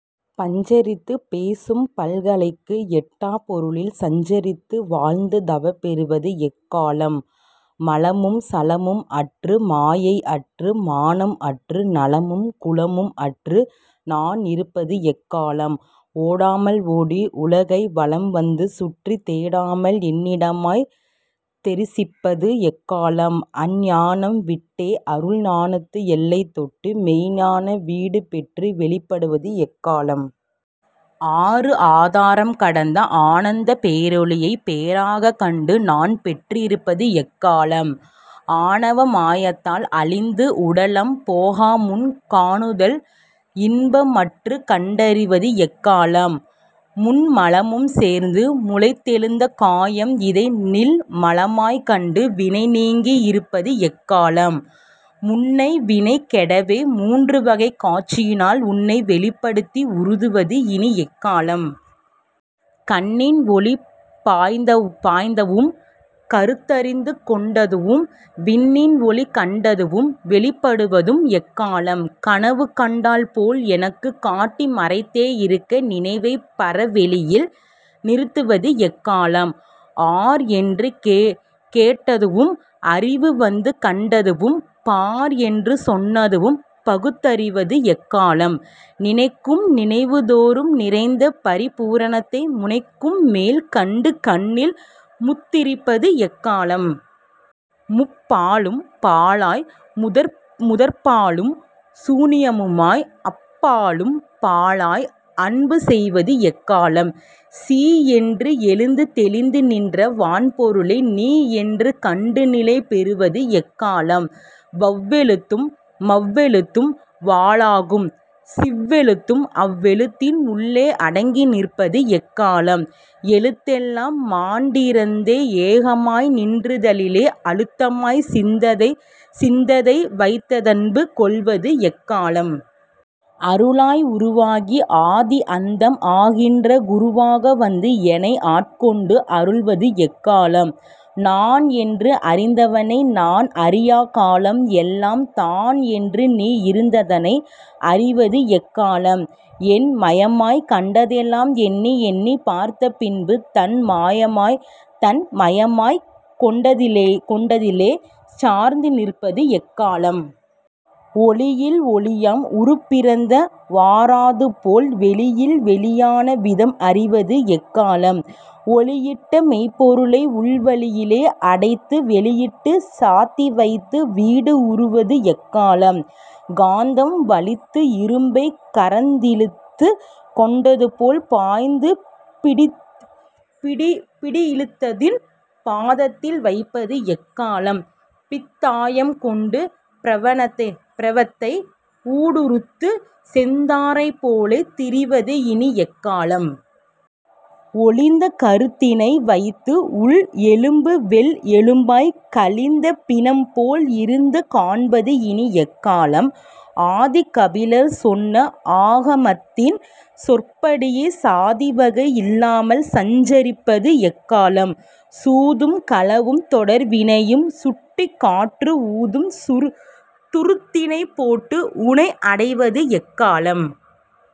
பஞ்சரித்துப் பேசும்பல்கலைக்கு எட்டாப் பொருளில் சஞ்சரித்து வாழ்ந்து தவம் பெறுவது எக்காலம்? மலமும் சலமும்அற்று மாயை அற்று மானம் அற்று நலமும் குலமும் அற்று நான் இருப்பது எக்காலம்? ஓடாமல் ஓடி உலகை வலம் வந்து சுற்றித் தேடாமல் என்னிடமாய்த் தெரிசிப்பது எக்காலம்? அஞ்ஞானம் விட்டே, அருள் ஞானத்து எல்லைதொட்டு மெய்ஞ்ஞான வீடுபெற்று வெளிப்படுவது எக்காலம்? ஆறு ஆதாரம் கடந்த ஆனந்தப் பேரொளியை பேறாகக் கண்டு நான் பெற்றிருப்பது எக்காலம்? ஆணவ மாயத்தால் அழிந்து உடலம் போகாமுன் காணுதல் இன்பமற்றுக் கண்டறிவது எக்காலம்? மும்மலமும் சேர்ந்து முளைத்தெழுந்த காயம் இதை நில்மலமாய்க் கண்டு வினை நீங்கி இருப்பது எக்காலம்? முன்னை வினை கெடவே மூன்று வகைக் காட்சியினால் உன்னை வெளிப்படுத்தி உறுவது இனி எக்காலம்? கண்ணின் ஒளி பாய்ந்ததுவும் கருத்தறிந்து கொண்டதுவும் விண்ணின் ஒளி கண்டதுவும் வெளிப்படுவதும் எக்காலம்? கனவு கண்டால் போல் எனக்குக் காட்டி மறைத்தே இருக்க நினைவைப் பரவெளியில் நிறுத்துவது எக்காலம்? ஆர் என்று கேட்டதுவும் அறிவு வந்து கண்டதுவும் பார் என்று சொன்னதுவும் பகுத்தறிவது எக்காலம்? நினைக்கும் நினைவுதோறும் நிறைந்த பரிபூரணத்தை முனைக்குமேல் கண்டு கண்ணில் முத்துதிர்ப்பது எக்காலம்? முப்பாழும் பாழாய், முதற்பாழும் சூனியமுமாய் அப்பாழும் பாழாய் அன்பு செய்வது எக்காலம்? சீ யென்று எழுந்து தெளிந்து நின்ற வான் பொருளை நீ யென்று கண்டு நிலை பெறுவது எக்காலம்? வவ்வெழுத்தும் மவ்வெழுத்தும் வாளாகும் சிவ்வெழுத்தும் அவ்வெழுத்தின் உள்ளே அடங்கி நிற்பது எக்காலம்? எழுத்தெல்லாம் மாண்டிறந்தே ஏகமாய் நின்றுதலிலே அழுத்தமாய்ச் சிந்தையை வைத்தன்பு கொள்வது எக்காலம்? அருளாய் உருவாகி ஆதி அந்தம் ஆகின்ற குருவாக வந்து எனை ஆட்கொண்டு அருள்வது எக்காலம்? நான் என்று அறிந்தவனை நான் அறியாக் காலம் எல்லாம் தான் என்று நீ இருந்ததனை அறிவது எக்காலம்? என் மயமாய்க் கண்டதெல்லாம் எண்ணி எண்ணிப் பார்த்த பின்பு தன் மயமாய்க் கொண்டதிலே சார்ந்து நிற்பது எக்காலம்? ஒளியில் ஒளியாம் உருப்பிறந்த வாறாதுபோல் வெளியில் வெளியான விதம் அறிவது எக்காலம்? ஒளிஇட்ட மெய்ப்பொருளை உள் வழியிலே அடைத்து வெளியிட்டுச் சாத்திவைத்து வீடு உறுவது எக்காலம்? காந்தம் வலித்து இரும்பைக் கரந்திழுத்துக் கொண்டதுபோல் பாய்ந்து பிடியிழுத்ததில் பாதத்தில் வைப்பது எக்காலம்? பித்தாயம் கொண்டு பிரவத்தை ஊடறுத்துச் செந்தாரைப் போலே திரிவது இனி எக்காலம்? ஒழிந்த கருத்தினை வைத்து உள் எலும்பு வெள் எலும்பாய்க் கழிந்த பிணம் போல் இருந்து காண்பது இனி எக்காலம்? ஆதிகபிலர் சொன்ன ஆகமத்தின் சொற்படியே சாதிவகை இல்லாமல் சஞ்சரிப்பது எக்காலம்? சூதும் களவும் தொடர்வினையும் சுட்டிக் காற்று ஊதும் துருத்தியைப் போட்டு உனை அடைவது எக்காலம்?